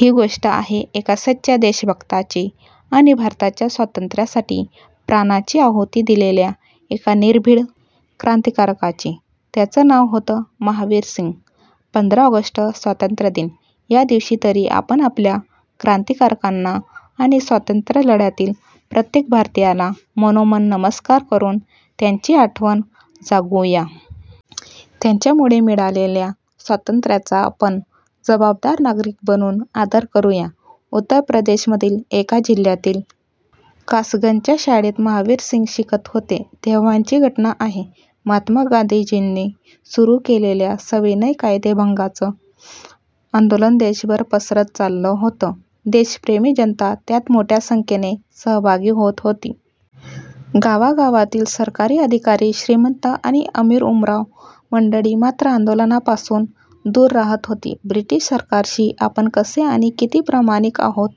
ही गोष्ट आहे एका सच्च्या देशभक्ताची आणि भारताच्या स्वातंत्र्यासाठी प्राणाची आहुती दिलेल्या एका निर्भीड क्रांतिकारकाची. त्याचं नाव होतं महावीरसिंग! पंधरा ऑगस्ट स्वातंत्र्यदिन. या दिवशी तरी आपण आपल्या क्रांतिकारकांना आणि स्वातंत्र्यलढ्यातील प्रत्येक भारतीयाला मनोमन नमस्कार करून त्यांची आठवण जागवूया. त्यांच्यामुळे मिळालेल्या स्वातंत्र्याचा आपण जबाबदार नागरिक बनून आदर करूया. उत्तर प्रदेशमधील एका जिल्ह्यातील कासगंजच्या शाळेत महावीरसिंग शिकत होते, तेव्हाची घटना आहे. महात्मा गांधीजींनी सुरू केलेल्या सविनय कायदेभंगाचं आंदोलन देशभर पसरत चाललं होतं. देशप्रेमी जनता त्यात मोठ्या संख्येने सहभागी होत होती. गावागावांतील सरकारी अधिकारी, श्रीमंत आणि अमीर-उमराव मंडळी मात्र आंदोलनापासून दूर राहत होती. ब्रिटिश सरकारशी आपण कसे आणि किती प्रामाणिक आहोत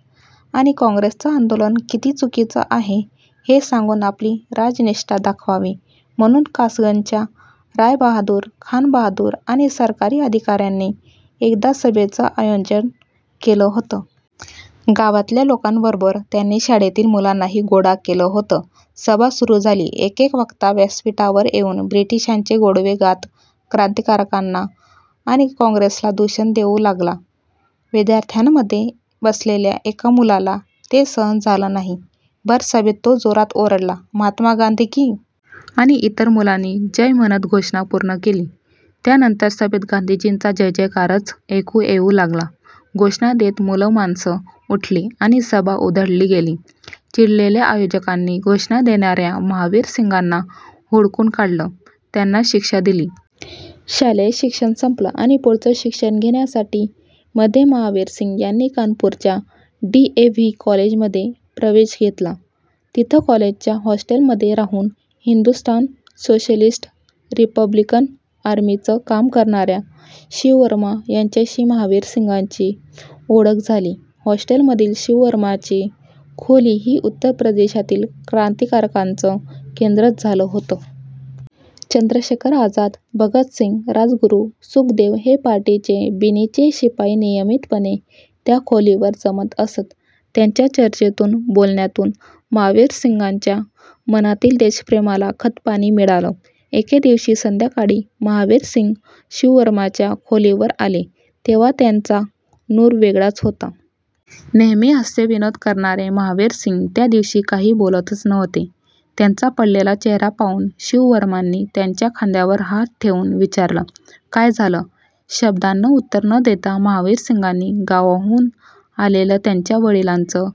आणि काँग्रेसचं आंदोलन किती चुकीचं आहे हे सांगून आपली राजनिष्ठा दाखवावी, म्हणून कासगंजच्या रायबहादूर खानबहादूर आणि सरकारी अधिकाऱ्यांनी एकदा सभेचं आयोजन केलं होतं. गावातल्या लोकांबरोबर त्यांनी शाळेतील मुलांनाही गोळा केलं होतं. सभा सुरू झाली. एकेक वक्ता व्यासपीठावर येऊन ब्रिटिशांचे गोडवे गात क्रांतिकारकांना आणि काँग्रेसला दूषणं देऊ लागला. विद्यार्थ्यांमध्ये बसलेल्या एका मुलाला ते सहन झालं नाही. भर सभेत तो जोरात ओरडला, 'महात्मा गांधी की...' आणि इतर मुलांनी 'जय' म्हणत घोषणा पूर्ण केली. त्यानंतर सभेत गांधीजींचा जयजयकारच ऐकू येऊ लागला. घोषणा देत मुलं-माणसं उठली आणि सभा उधळली गेली. चिडलेल्या आयोजकांनी घोषणा देणाऱ्या महावीरसिंगांना हुडकून काढलं. त्यांना शिक्षा दिली. शालेय शिक्षण संपलं आणि पुढचं शिक्षण घेण्यासाठी मध्ये महावीरसिंग यांनी कानपूरच्या डी. ए. व्ही. कॉलेजमध्ये प्रवेश घेतला. तिथं कॉलेजच्या हॉस्टेलमध्ये राहून 'हिंदुस्थान सोशॅलिस्ट रिपब्लिकन आर्मी'चं काम करणाऱ्या शिववर्मा यांच्याशी महावीरसिंगांची ओळख झाली. हॉस्टेलमधील शिववर्मांची खोली ही उत्तर प्रदेशातील क्रांतिकारकांचं केंद्रच झालं होतं. चंद्रशेखर आझाद, भगतसिंग, राजगुरू, सुखदेव हे पार्टीचे बिनीचे शिपाई नियमितपणे त्या खोलीवर जमत असत. त्यांच्या चर्चेतून, बोलण्यातून महावीरसिंगांच्या मनातील देशप्रेमाला खतपाणी मिळालं. एके दिवशी संध्याकाळी महावीरसिंग शिववर्मांच्या खोलीवर आले तेव्हा त्यांचा नूर वेगळाच होता. नेहमी हास्यविनोद करणारे महावीरसिंग त्या दिवशी काही बोलतच नव्हते. त्यांचा पडलेला चेहरा पाहून शिववर्मांनी त्यांच्या खांद्यावर हात ठेवून विचारलं, 'काय झालं?' शब्दानं उत्तर न देता महावीरसिंगांनी गावाहून आलेलं त्यांच्या वडिलांचं-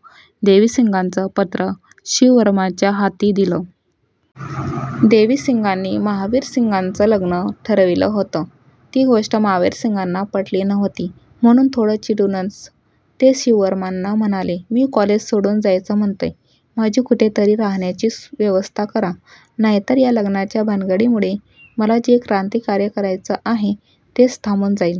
देवीसिंगांचं पत्र शिववर्मांच्या हाती दिलं. देवीसिंगांनी महावीरसिंगांचं लग्न ठरविलं होतं, ती गोष्ट महावीरसिंगांना पटली नव्हती. म्हणून थोडं चिडूनच ते शिववर्मांना म्हणाले, 'मी कॉलेज सोडून जायचं म्हणतोय, माझी कुठे तरी राहण्याची व्यवस्था करा. नाहीतर या लग्नाच्या भानगडीमुळे मला जे क्रांतिकार्य करायचं आहे तेच थांबून जाईल.'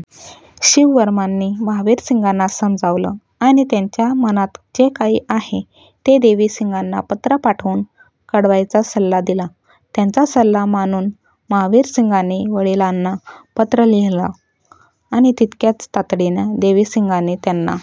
शिववर्मांनी महावीरसिंगांना समजावलं आणि त्यांच्या मनात जे काही आहे ते देवीसिंगांना पत्र पाठवून कळवायचा सल्ला दिला. त्यांचा सल्ला मानून महावीरसिंगांनी वडिलांना पत्र लिहिलं आणि तितक्याच तातडीनं देवीसिंगांनी त्यांना